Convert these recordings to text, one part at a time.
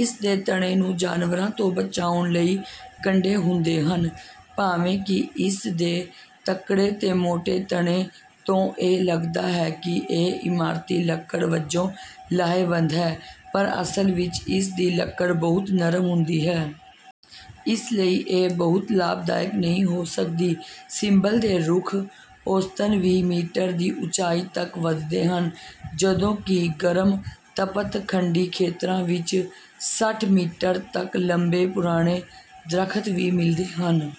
ਇਸ ਦੇ ਤਣੇ ਨੂੰ ਜਾਨਵਰਾਂ ਤੋਂ ਬਚਾਉਣ ਲਈ ਕੰਡੇ ਹੁੰਦੇ ਹਨ। ਭਾਵੇਂ ਕਿ ਇਸ ਦੇ ਤਕੜੇ ਤੇ ਮੋਟੇ ਤਣੇ ਤੋਂ ਇਹ ਲੱਗਦਾ ਹੈ ਕਿ ਇਹ ਇਮਾਰਤੀ ਲੱਕੜ ਵਜੋਂ ਲਾਹੇਵੰਦ ਹੈ, ਪਰ ਅਸਲ ਵਿੱਚ ਇਸ ਦੀ ਲੱਕੜ ਬਹੁਤ ਨਰਮ ਹੁੰਦੀ ਹੈ। ਇਸ ਲਈ ਇਹ ਬਹੁਤੀ ਲਾਭਦਾਇਕ ਨਹੀਂ ਹੋ ਸਕਦੀ। ਸਿੰਬਲ ਦੇ ਰੁੱਖ ਔਸਤਨ ਵੀਹ ਮੀਟਰ ਦੀ ਉਚਾਈ ਤੱਕ ਵਧਦੇ ਹਨ, ਜਦੋਂ ਕਿ ਗਰਮ ਤਪਤ-ਖੰਡੀ ਖੇਤਰਾਂ ਵਿੱਚ ਸੱਠ ਮੀਟਰ ਤੱਕ ਲੰਮੇ ਪੁਰਾਣੇ ਦਰੱਖ਼ਤ ਵੀ ਮਿਲਦੇ ਹਨ।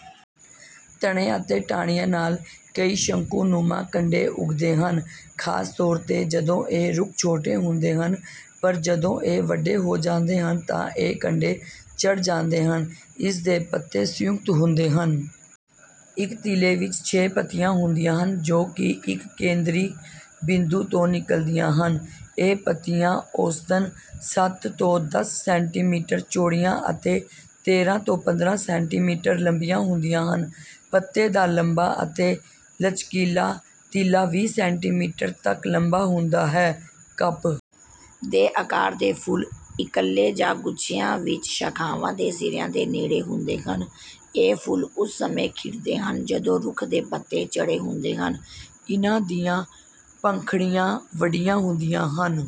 ਤਣੇ ਅਤੇ ਟਾਹਣੀਆਂ ਨਾਲ ਕਈ ਸ਼ੰਕੂ-ਨੁਮਾ ਕੰਡੇ ਉੱਗਦੇ ਹਨ, ਖ਼ਾਸ ਤੌਰ 'ਤੇ ਜਦੋਂ ਇਹ ਰੁੱਖ ਛੋਟੇ ਹੁੰਦੇ ਹਨ। ਪਰ ਜਦੋਂ ਇਹ ਵੱਡੇ ਹੋ ਜਾਂਦੇ ਹਨ ਤਾਂ ਇਹ ਕੰਡੇ ਝੜ ਜਾਂਦੇ ਹਨ। ਇਸ ਦੇ ਪੱਤੇ ਸੰਯੁਕਤ ਹੁੰਦੇ ਹਨ। ਇੱਕ ਤੀਲੇ ਵਿੱਚ ਛੇ ਪੱਤੀਆਂ ਹੁੰਦੀਆਂ ਹਨ, ਜੋ ਕਿ ਇੱਕ ਕੇਂਦਰੀ ਬਿੰਦੂ ਤੋਂ ਨਿਕਲਦੀਆਂ ਹਨ। ਇਹ ਪੱਤੀਆਂ ਔਸਤਨ ਸੱਤ ਤੋਂ ਦੱਸ ਸੈਂਟੀਮੀਟਰ ਚੌੜੀਆਂ ਅਤੇ ਤੇਰ੍ਹਾਂ ਤੋਂ ਪੰਦਰਾਂ ਸੈਂਟੀਮੀਟਰ ਲੰਬੀਆਂ ਹੁੰਦੀਆਂ ਹਨ। ਪੱਤੇ ਦਾ ਲੰਬਾ ਅਤੇ ਲਚਕੀਲਾ ਤੀਲਾ ਵੀਹ ਸੈਂਟੀਮੀਟਰ ਤੱਕ ਲੰਬਾ ਹੁੰਦਾ ਹੈ। ਕੱਪ ਦੇ ਆਕਾਰ ਦੇ ਫੁੱਲ ਇਕੱਲੇ ਜਾਂ ਗੁੱਛਿਆਂ ਵਿੱਚ ਸ਼ਾਖਾਵਾਂ ਦੇ ਸਿਰਿਆਂ ਦੇ ਨੇੜੇ ਹੁੰਦੇ ਹਨ। ਇਹ ਫੁੱਲ ਉਸ ਸਮੇਂ ਖਿੜਦੇ ਹਨ, ਜਦੋਂ ਰੁੱਖ ਦੇ ਪੱਤੇ ਝੜੇ ਹੁੰਦੇ ਹਨ। ਇਨ੍ਹਾਂ ਦੀਆਂ ਪੰਖੜੀਆਂ ਵੱਡੀਆਂ ਹੁੰਦੀਆਂ ਹਨ।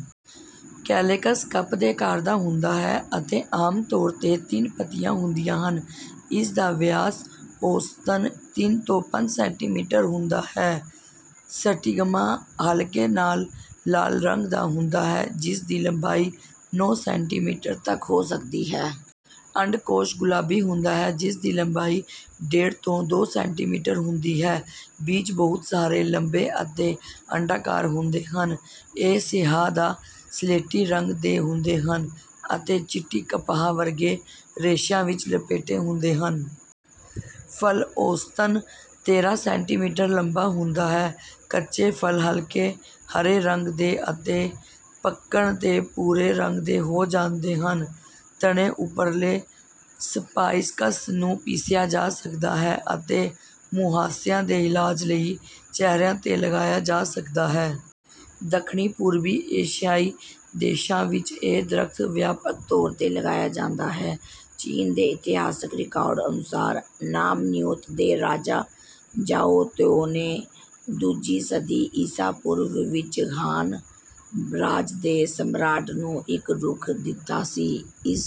ਕੈਲੇਕਸ ਕੱਪ ਦੇ ਆਕਾਰ ਦਾ ਹੁੰਦਾ ਹੈ ਅਤੇ ਆਮ ਤੌਰ 'ਤੇ ਤਿੰਨ ਪੱਤੀਆਂ ਹੁੰਦੀਆਂ ਹਨ। ਇਸ ਦਾ ਵਿਆਸ ਔਸਤਨ ਤਿੰਨ ਤੋਂ ਪੰਜ ਸੈਂਟੀਮੀਟਰ ਹੁੰਦਾ ਹੈ। ਸਟਿਗਮਾ ਹਲਕੇ ਨਾਲ ਲਾਲ ਰੰਗ ਦਾ ਹੁੰਦਾ ਹੈ, ਜਿਸ ਦੀ ਲੰਬਾਈ ਨੌਂ ਸੈਂਟੀਮੀਟਰ ਤੱਕ ਹੋ ਸਕਦੀ ਹੈ। ਅੰਡਕੋਸ਼ ਗੁਲਾਬੀ ਹੁੰਦਾ ਹੈ, ਜਿਸ ਦੀ ਲੰਬਾਈ ਡੇਢ ਤੋਂ ਦੋ ਸੈਂਟੀਮੀਟਰ ਹੁੰਦੀ ਹੈ। ਬੀਜ ਬਹੁਤ ਸਾਰੇ, ਲੰਬੇ ਅਤੇ ਅੰਡਾਕਾਰ ਹੁੰਦੇ ਹਨ। ਇਹ ਸਿਆਹ ਯਾ ਸਲੇਟੀ ਰੰਗ ਦੇ ਹੁੰਦੇ ਹਨ ਅਤੇ ਚਿੱਟੀ ਕਪਾਹ ਵਰਗੇ ਰੇਸ਼ਿਆਂ ਵਿੱਚ ਲਪੇਟੇ ਹੁੰਦੇ ਹਨ। ਫਲ ਔਸਤਨ ਤੇਰ੍ਹਾਂ ਸੈਂਟੀਮੀਟਰ ਲੰਬਾ ਹੁੰਦਾ ਹੈ। ਕੱਚੇ ਫਲ ਹਲਕੇ ਹਰੇ ਰੰਗ ਦੇ ਅਤੇ ਪੱਕਣ 'ਤੇ ਭੂਰੇ ਰੰਗ ਦੇ ਹੋ ਜਾਂਦੇ ਹਨ। ਤਣੇ ਉੱਪਰਲੇ ਸਪਾਈਕਸ ਨੂੰ ਪੀਸਿਆ ਜਾ ਸਕਦਾ ਹੈ ਅਤੇ ਮੁਹਾਂਸਿਆਂ ਦੇ ਇਲਾਜ ਲਈ ਚਿਹਰੇ 'ਤੇ ਲਗਾਇਆ ਜਾ ਸਕਦਾ ਹੈ। ਦੱਖਣੀ-ਪੂਰਬੀ ਏਸ਼ੀਆਈ ਦੇਸ਼ਾਂ ਵਿੱਚ ਇਹ ਦਰੱਖ਼ਤ ਵਿਆਪਕ ਤੌਰ 'ਤੇ ਲਗਾਇਆ ਜਾਂਦਾ ਹੈ। ਚੀਨ ਦੇ ਇਤਿਹਾਸਕ ਰਿਕਾਰਡ ਅਨੁਸਾਰ, ਨਾਮ ਨਿਊਤ ਦੇ ਰਾਜਾ ਜ਼ਾਓ ਤੁਓ ਨੇ ਦੂਜੀ ਸਦੀ ਈਸਾ ਪੂਰਵ ਵਿੱਚ ਹਾਨ ਰਾਜ ਦੇ ਸਮਰਾਟ ਨੂੰ ਇੱਕ ਰੁੱਖ ਦਿੱਤਾ ਸੀ। ਇਸ